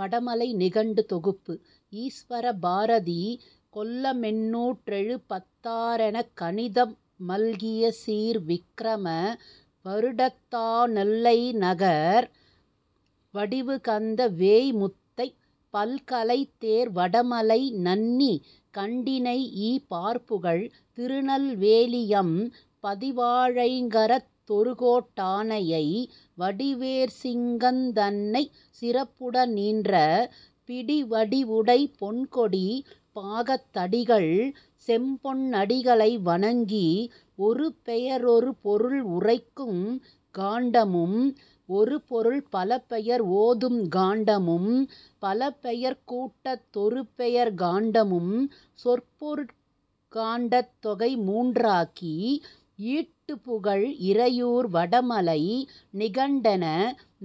வட மலை நிகண்டு தொகுப்பு: ஈஸ்வர பாரதி கொல்லமெண்ணூற் றெழுபத்தா றெனக்கணிதப் மல்கியசீர் விக்கிரம வருடத்தா னெல்லைநகர் வடிவுகந்த வேய்முத்தைப் பல்கலைதேர் வடமலைநன் னிகண்டினையீ பார்புகழ் திருநெல் வேலியம் பதிவா ழைங்கரத் தொருகோட் டானையை வடிவேற் சிங்கந் தன்னைச் சிறப்புட னீன்ற பிடிவடி வுடைய பொண்கொடி பாகத் தடிகள் செம்பொன் னடிகளை வணங்கி ஒருபெய ரொருபொருள் உரைக்குங் காண்டமும் ஒருபொருள் பலபெயர் ஓதுங் காண்டமும் பலபெயர்க் கூட்டத் தொருபெயர்க் காண்டமும் சொற்பொருட் காண்டத் தொகைமூன் றாக்கி ஈட்டுபுகழ் இரையூர் வடமலை நிகண்டென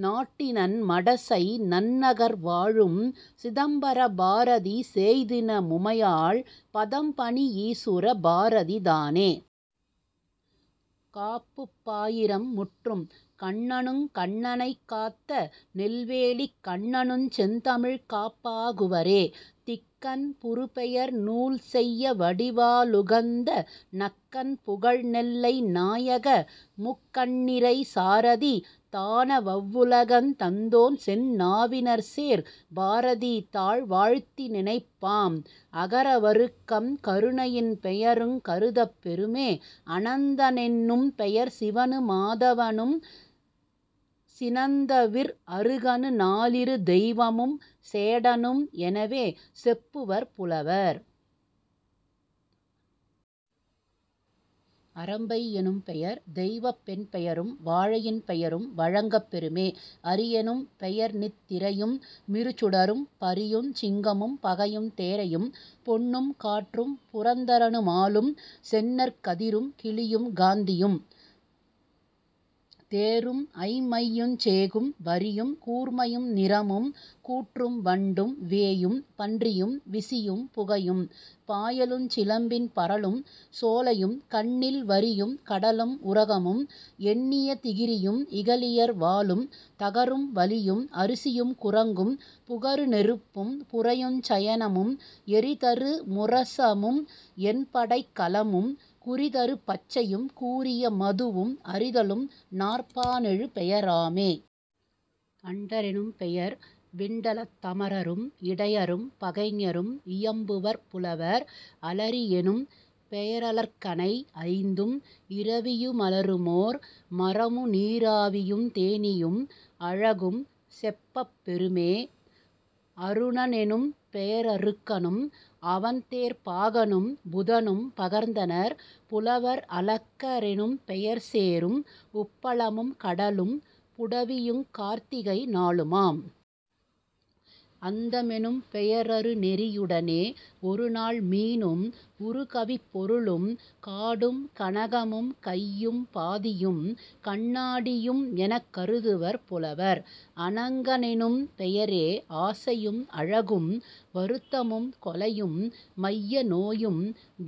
நாட்டினன் மடசை நன்னகர் வாழும் சிதம்பர பாரதி சேய்தின முமையாள் பதம்பணி யீசுர பாரதி தானே. காப்புப் பாயிரம் முற்றும். கண்ணனுங் கண்ணனைக் காத்த நெல்வேலிக் கண்ணனுஞ் செந்தமிழ்க் காப்பா குவரே. திக்கன் புறுபெயர் நூல்செய்யவடி வாளுகந்த நக்கன் புகழ்நெல்லை நாயக-முக்கண்ணிறை சாரதிதா னெவவ்வுலகந் தந்தோன்செந் நாவினிற்சேர் பாரதிதாள் வாழ்த்திநினைப் பாம். அகர வருக்கம் கருணையின் பெயருங் கருதப்பெறுமே..... அனந்த னென்னும் பெயர்சிவனு மாதவனும் சினந்தவிர் அருகனு நாலிரு தெய்வமும் சேடனும் எனவே செப்புவர் புலவர்..... அரம்பை யெனும்பெயர் தெய்வப்பெண் பெயரும் வாழையின் பெயரும் வழங்கப் பெறுமே..... அரியெனும் பெயர்நித் திரையுமிரு சுடரும் பரியுஞ் சிங்கமும் பகையுந் தேரையும் பொன்னும் காற்றும் புரந்தரனு மாலும் செந்நெற் கதிரும் கிளியும் காந்தியும் தேரும் ஐம்மையுஞ் சேகும் வரியும் கூர்மையு நிறமும் கூற்றும் வண்டும் வேயும் பன்றியும் விசியும் புகையும் பாயலுஞ் சிலம்பின் பரலும் சோலையும் கண்ணில் வரியும் கடலும் உரகமும் எண்ணிய திகிரியும் இகலியர் வாளும் தகரும் வலியும் அரிசியும் குரங்கும் புகரு நெருப்பும் புரையுஞ் சயனமும் எறிதரு முரசமும் எண்படைக் கலமும் குறிதரு பச்சையும் கூறிய மதுவும் அரிதலும் நாற்பா னெழு பெயராமே..... அண்ட ரெனும்பெயர் விண்டலத் தமரரும் இடையரும் பகைஞரும் இயம்புவர் புலவர்..... அலரி யெனும்பெய ரலர்க்கணை ஐந்தும் இரவியு மலருமோர் மரமு நீராவியுந் தேனீயும் அழகும் செப்பப் பெறுமே..... அருண னெனும்பெய ரருக்கனும் அவன்தேர்ப் பாகனும் புதனும் பகர்ந்தனர் புலவர்..... அளக்க ரெனும்பெயர் சேறும் உப்பளமும் கடலும் புடவியுங் கார்த்திகை நாளுமாம்..... அந்த மெனும்பெய ரருநெறி யுடனே ஒருநாள் மீனும் உறுகவிப் பொருளும் காடும் கனகமும் கையும் பாதியும் கண்ணா டியுமெனக் கருதுவர் புலவர்..... அணங்கனெனும் பெயரே ஆசையும் அழகும் வருத்தமும் கொலையும் மையனோயும்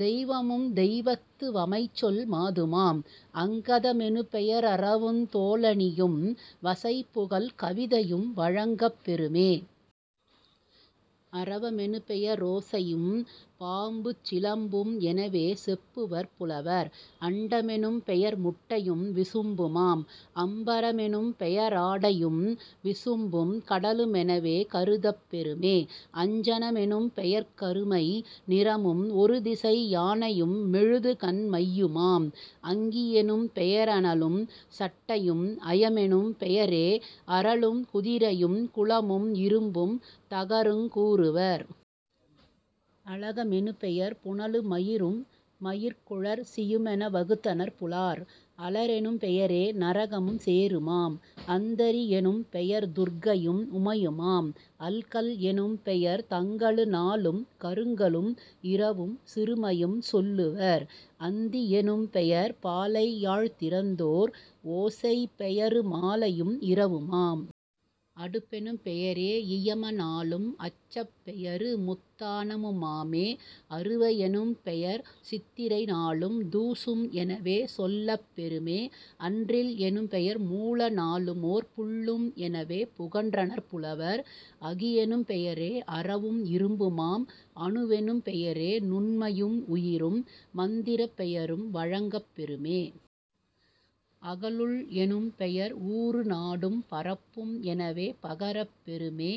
தெய்வமுந் தெய்வத்து வமைசொல் மாதுமாம்..... அங்கத மெனுபெய ரரவுந் தோளணியும் வசைபுகல் கவிதையும் வழங்கப் பெறுமே..... அரவ மெனுபெய ரோசையும் பாம்பு சிலம்பும் எனவே செப்புவர் புலவர்..... அண்ட மெனும்பெயர் முட்டையும் விசும்புமாம்..... அம்பர மெனும்பெய ராடையும் விசும்பும் கடலு மெனவே கருதப்பெறுமே..... அஞ்சன மெனும்பெயர் கருமை நிறமும் ஒருதிசை யானையு மெழுதுகண் மையுமாம்..... அங்கி யெனும்பெய ரனலும் சட்டையும்..... அயமெனும் பெயரே அறலும் குதிரையும் குளமும் இரும்பும் தகருங் கூறுவர்..... அளக மெனுபெயர் புனலு மயிரும் மயிர்க்குழற் சியுமென வகுத்தனர் புலார்..... அளறெனும் பெயரே நரகமும் சேறுமாம்..... அந்தரி யெனும்பெயர் துர்க்கையும் உமையுமாம்..... அல்கல் எனும் பெயர் தங்கலு நாளும் கருங்கலும் இரவும் சிறுமையும் சொல்லுவர்..... அந்தி யெனும்பெயர் பாலையாழ்த் திறந்தோர் ஓசைப் பெயரு மாலையும் இரவுமாம்..... அடுப்பெனும் பெயரே யியம னாளும் அச்சப் பெயருமுத் தானமு மாமே..... அறுவை யெனும்பெயர் சித்திரை நாளும் தூசும் எனவே சொல்லப் பெறுமே..... அன்றில் எனும்பெயர் மூல நாளுமோர் புள்ளும் எனவே புகன்றனர் புலவர்..... அகியெனும் பெயரே அரவும் இரும்புமாம்..... அணுவெனும் பெயரே நுண்மையும் உயிரும் மந்திரப் பெயரும் வழங்கப் பெறுமே..... அகலுள் எனும் பெயர் ஊரு நாடும் பரப்பும் எனவே பகரப் பெறுமே.....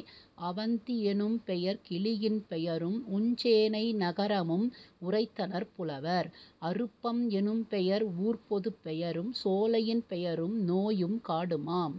அவந்தி யெனும் பெயர் கிளியின் பெயரும் உஞ்சேனை நகரமும் உரைத்தனர் புலவர்..... அருப்பம் எனும்பெயர் ஊர்ப்பொதுப் பெயரும் சோலையின் பெயரும் நோயும் காடுமாம்.